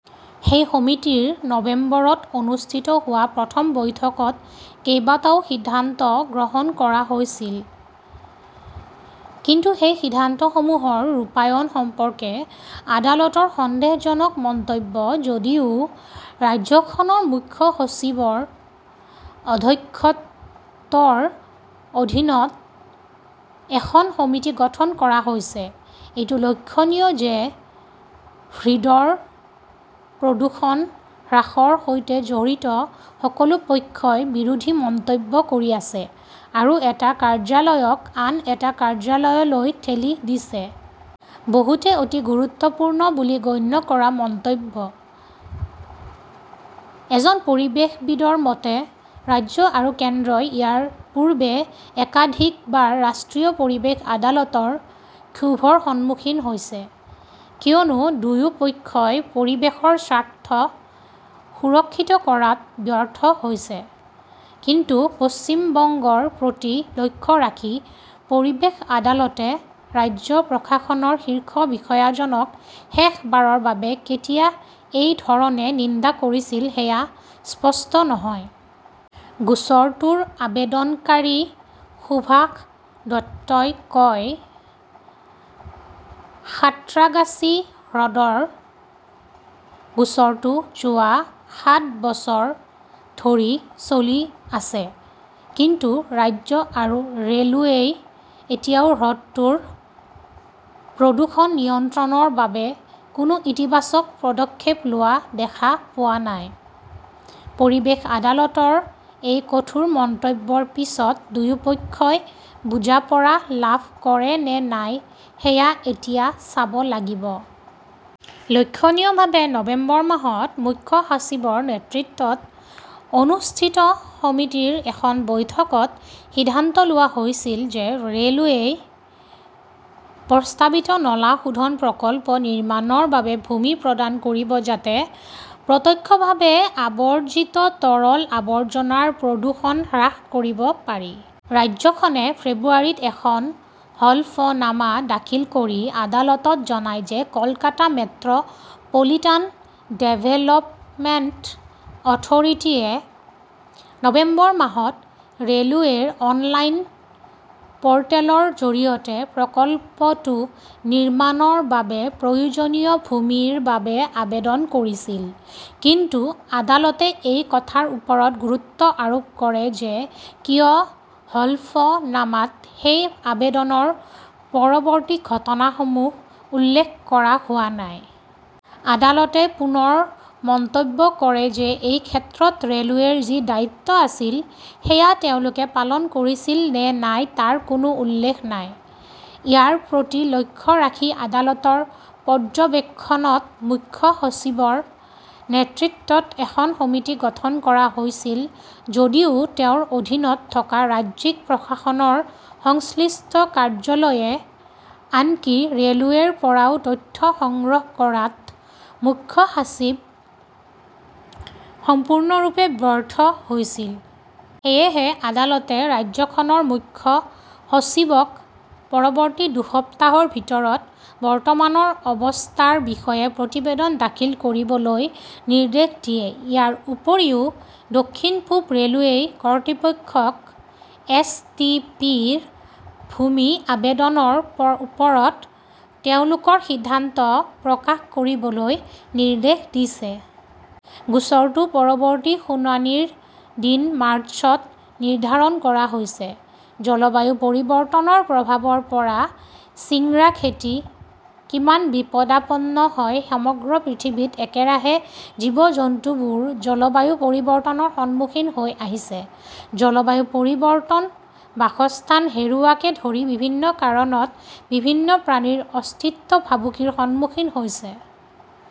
সেই সমিতিৰ নৱেম্বৰত অনুষ্ঠিত হোৱা প্ৰথম বৈঠকত কেইবাটাও সিদ্ধান্ত গ্ৰহণ কৰা হৈছিল। কিন্তু সেই সিদ্ধান্তসমূহৰ ৰূপায়ণ সম্পৰ্কে আদালতৰ সন্দেহজনক মন্তব্য-"যদিও ৰাজ্যখনৰ মুখ্য সচিবৰ অধ্যক্ষত্বৰ অধীনত এখন সমিতি গঠন কৰা হৈছে, এইটো লক্ষণীয় যে হ্ৰদৰ প্ৰদূষণ হ্ৰাসৰ সৈতে জড়িত সকলো পক্ষই বিৰোধী মন্তব্য কৰি আছে আৰু এটা কাৰ্যালয়ক আন এটা কাৰ্যালয়লৈ ঠেলি দিছে। বহুতে অতি গুৰুত্বপূৰ্ণ বুলি গণ্য কৰা মন্তব্য। এজন পৰিৱেশবিদৰ মতে, ৰাজ্য আৰু কেন্দ্ৰই ইয়াৰ পূৰ্বে একাধিকবাৰ ৰাষ্ট্ৰীয় পৰিৱেশ আদালতৰ ক্ষোভৰ সন্মুখীন হৈছে কিয়নো দুয়োপক্ষই পৰিৱেশৰ স্বাৰ্থ সুৰক্ষিত কৰাত ব্যৰ্থ হৈছে। কিন্তু পশ্চিম বংগৰ প্ৰতি লক্ষ্য ৰাখি পৰিৱেশ আদালতে ৰাজ্য প্ৰশাসনৰ শীৰ্ষ বিষয়াজনক শেষবাৰৰ বাবে কেতিয়া এই ধৰণে নিন্দা কৰিছিল সেয়া স্পষ্ট নহয়। গোচৰটোৰ আবেদনকাৰী সুভাষ দত্তই কয়, সাঁত্ৰাগাছী হ্ৰদৰ গোচৰটো যোৱা সাত বছৰ ধৰি চলি আছে। কিন্তু ৰাজ্য আৰু ৰে’লৱেই এতিয়াও হ্ৰদটোৰ প্ৰদূষণ নিয়ন্ত্ৰণৰ বাবে কোনো ইতিবাচক পদক্ষেপ লোৱা দেখা পোৱা নাই। পৰিৱেশ আদালতৰ এই কঠোৰ মন্তব্যৰ পিছত দুয়োপক্ষই বুজাপৰা লাভ কৰে নে নাই সেয়া এতিয়া চাব লাগিব। লক্ষণীয়ভাৱে, নৱেম্বৰ মাহত মুখ্য সচিবৰ নেতৃত্বত অনুষ্ঠিত সমিতিৰ এখন বৈঠকত সিদ্ধান্ত লোৱা হৈছিল যে ৰে’লৱেই প্ৰস্তাৱিত নলা শোধন প্ৰকল্প নিৰ্মাণৰ বাবে ভূমি প্ৰদান কৰিব যাতে প্ৰত্যক্ষভাৱে আৱৰ্জিত তৰল আৱৰ্জনাৰ প্ৰদূষণ হ্ৰাস কৰিব পাৰি। ৰাজ্যখনে ফেব্ৰুৱাৰীত এখন হলফনামা দাখিল কৰি আদালতত জনায় যে কলকাতা মেট্ৰ 'পলিটান ডেভেলপমেণ্ট অথৰিটিয়ে নৱেম্বৰ মাহত ৰে' লৱেৰ অনলাইন প 'ৰ্টেলৰ জৰিয়তে প্ৰকল্পটো নিৰ্মাণৰ বাবে প্ৰয়োজনীয় ভূমিৰ বাবে আবেদন কৰিছিল। কিন্তু আদালতে এই কথাৰ ওপৰত গুৰুত্ব আৰোপ কৰে যে কিয় হলফনামাত সেই আবেদনৰ পৰৱৰ্তী ঘটনাসমূহ উল্লেখ কৰা হোৱা নাই। আদালতে পুনৰ মন্তব্য কৰে যে এই ক্ষেত্ৰত ৰে’লৱেৰ যি দায়িত্ব আছিল সেয়া তেওঁলোকে পালন কৰিছিল নে নাই তাৰ কোনো উল্লেখ নাই। ইয়াৰ প্ৰতি লক্ষ্য ৰাখি, আদালতৰ পৰ্যবেক্ষণত মুখ্য সচিবৰ নেতৃত্বত এখন সমিতি গঠন কৰা হৈছিল যদিও তেওঁৰ অধীনত থকা ৰাজ্যিক প্ৰশাসনৰ সংশ্লিষ্ট কাৰ্যালয়ে আনকি ৰে "লৱেৰ পৰাও তথ্য সংগ্ৰহ কৰাত মুখ্য সচিব সম্পূৰ্ণৰূপে ব্যৰ্থ হৈছিল। সেয়েহে আদালতে ৰাজ্যখনৰ মুখ্য সচিবক পৰৱৰ্তী দুসপ্তাহৰ ভিতৰত বৰ্তমানৰ অৱস্থাৰ বিষয়ে প্ৰতিবেদন দাখিল কৰিবলৈ নিৰ্দেশ দিয়ে। ইয়াৰ উপৰিও, দক্ষিণ-পূব ৰে’লৱেই কৰ্তৃপক্ষক এছ. টি. পি. ৰ ভূমি আবেদনৰ ওপৰত তেওঁলোকৰ সিদ্ধান্ত প্ৰকাশ কৰিবলৈ নিৰ্দেশ দিছে। গোচৰটোৰ পৰৱৰ্তী শুনানিৰ দিন মাৰ্চত নিৰ্ধাৰণ কৰা হৈছে। জলবায়ু পৰিৱৰ্তনৰ প্ৰভাৱৰ পৰা চিংৰা খেতি কিমান বিপদাপন্ন হয় সমগ্ৰ পৃথিৱীত একেৰাহে জীৱ-জন্তুবোৰ জলবায়ু পৰিৱৰ্তনৰ সন্মুখীন হৈ আহিছে। জলবায়ু পৰিৱৰ্তন, বাসস্থান হেৰুওৱাকে ধৰি বিভিন্ন কাৰণত বিভিন্ন প্ৰাণীৰ অস্তিত্ব ভাবুকিৰ সন্মুখীন হৈছে।